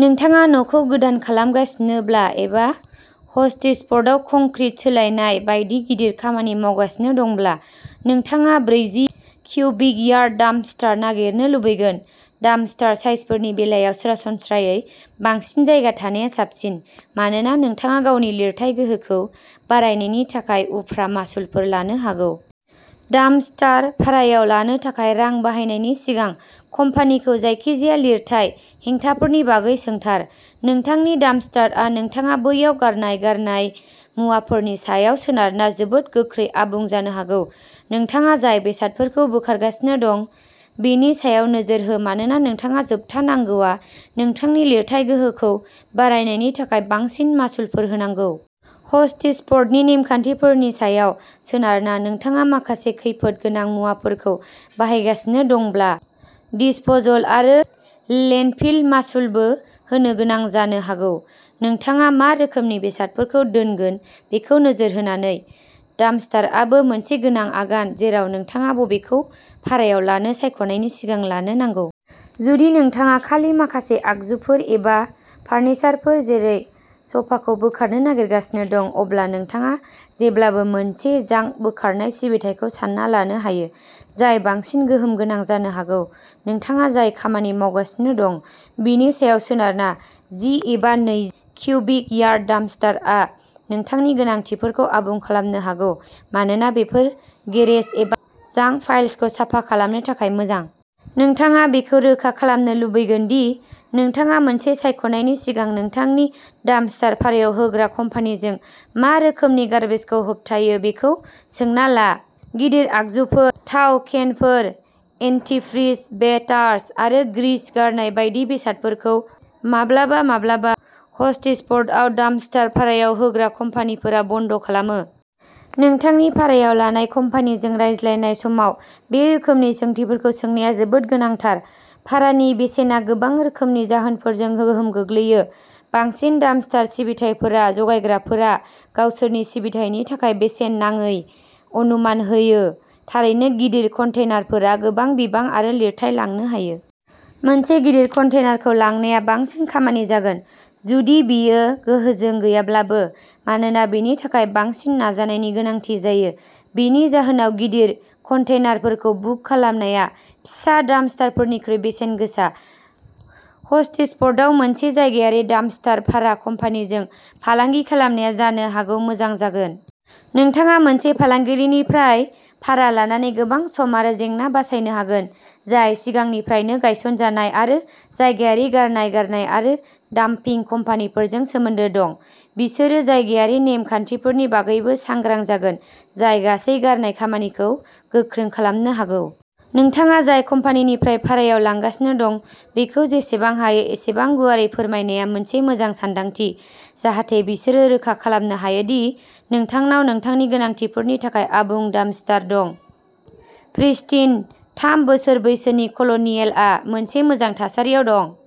नोंथाङा न'खौ गोदान खालामगासिनोब्ला एबा हस्टिसफ'र्डआव कंक्रिट सोलायनाय बायदि गिदिर खामानि मावगासिनो दंब्ला, नोंथाङा ब्रैजि क्यूबिक यार्ड डाम्पस्टार नागिरनो लुबैगोन। डाम्पस्टार साइजफोरनि बेलायाव सरासनस्रायै बांसिन जायगा थानाया साबसिन, मानोना नोंथाङा गावनि लिरथाइ गोहोखौ बारायनायनि थाखाय उफ्रा मासुलफोर लानो हागौ। डाम्पस्टार भारायाव लानो थाखाय रां बाहायनायनि सिगां, कम्पानिखौ जायखिजाया लिरथाइ हेंथाफोरनि बागै सोंथार। नोंथांनि डाम्पस्टारआ नोंथाङा बैयाव गारनाय गारनाय मुवाफोरनि सायाव सोनारना जोबोद गोख्रै आबुं जानो हागौ। नोंथाङा जाय बेसादफोरखौ बोखारगासिनो दं, बेनि सायाव नोजोर हो, मानोना नोंथाङा जोबथा नांगौआ नोंथांनि लिरथाइ गोहोखौ बारायनायनि थाखाय बांसिन मासुलफोर होनांगौ। हस्टिसफ'र्डनि नेमखान्थिफोरनि सायाव सोनारना, नोंथाङा माखासे खैफोद गोनां मुवाफोरखौ बाहायगासिनो दंब्ला दिसप'सल आरो लेन्डफिल मासुलबो होनो गोनां जानो हागौ। नोंथाङा मा रोखोमनि बेसादफोरखौ दोनगोन बेखौ नोजोर होनानै। डाम्पस्टारआबो मोनसे गोनां आगान, जेराव नोंथाङा बबेखौ भारायाव लानो सायख'नायनि सिगां लानो नांगौ। जुदि नोंथाङा खालि माखासे आगजुफोर एबा फार्निचारफोर, जेरै सोफाखौ बोखारनो नागिरगासिनो दं, अब्ला नोंथाङा जेब्लाबो मोनसे जांक बोखारनाय सिबिथाइखौ सानना लानो हायो, जाय बांसिन गोहोम गोनां जानो हागौ। नोंथाङा जाय खामानि मावगासिनो दं, बेनि सायाव सोनारना, जि एबा नै क्यूबिक यार्ड डाम्पस्टारआ नोंथांनि गोनांथिफोरखौ आबुं खालामनो हागौ, मानोना बेफोर गेरेज एबा जांक पाइल्सखौ साफा खालामनो थाखाय मोजां। नोंथाङा बेखौ रोखा खालामनो लुबैगोन दि नोंथाङा मोनसे सायख'नायनि सिगां नोंथांनि डाम्पस्टार भारायाव होग्रा कम्पानिजों मा रोखोमनि गार्बेजखौ होबथायो बेखौ सोंना ला। गिदिर आगजुफोर, थाव केनफोर, एन्टिफ्रिज बेटार्स आरो ग्रीस गारनाय बायदि बेसादफोरखौ माब्लाबा-माब्लाबा हस्टिसफर्डआव डाम्पस्टार भारायाव होग्रा कम्पानिफोरा बन्द' खालामो। नोंथांनि भारायाव लानाय कम्पानिजों रायज्लायनाय समाव बे रोखोमनि सोंथिफोरखौ सोंनाया जोबोद गोनांथार। भारानि बेसेना गोबां रोखोमनि जाहोनफोरजों गोहोम गोग्लैयो। बांसिन डाम्पस्टार सिबिथाइफोरा जगायग्राफोरा गावसोरनि सिबिथायनि थाखाय बेसेन नाङै अनुमान होयो। थारैनो, गिदिर कन्टेनारफोरा गोबां बिबां आरो लिरथाइ लांनो हायो। मोनसे गिदिर कन्टेनारखौ लांनाया बांसिन खामानि जागोन, जुदि बेयो गोहोजों गैयाब्लाबो, मानोना बेनि थाखाय बांसिन नाजानायनि गोनांथि जायो। बेनि जाहोनाव, गिदिर कन्टेनारफोरखौ बुक खालामनाया फिसा डाम्पस्टारफोरनिख्रुइ बेसेन गोसा। हस्टिसफर्डआव मोनसे जायगायारि डाम्पस्टार भारा कम्पानिजों फालांगि खालामनाया जानो हागौ मोजां जागोन। नोंथाङा मोनसे फालांगिरिनिफ्राय भारा लानानै गोबां सम आरो जेंना बासायनो हागोन, जाय सिगांनिफ्रायनो गायसनजानाय, आरो जायगायारि गारनाय गारनाय आरो डाम्पिं कम्पानिफोरजों सोमोन्दो दं। बिसोरो जायगायारि नेम-खान्थिफोरनि बागैबो सांग्रां जागोन, जाय गासै गारनाय खामानिखौ गोख्रों खालामनो हागौ। नोंथाङा जाय कम्पानिनिफ्राय भारायाव लांगासिनो दं, बेखौ जेसेबां हायो एसेबां गुवारै फोरमायनाया मोनसे मोजां सानदांथि, जाहाथे बिसोरो रोखा खालामनो हायो दि नोंथांनाव नोंथांनि गोनांथिफोरनि थाखाय आबुं डाम्पस्टार दं। प्रिस्टिन, थाम बोसोर बैसोनि कल'नियेलआ मोनसे मोजां थासारियाव दं।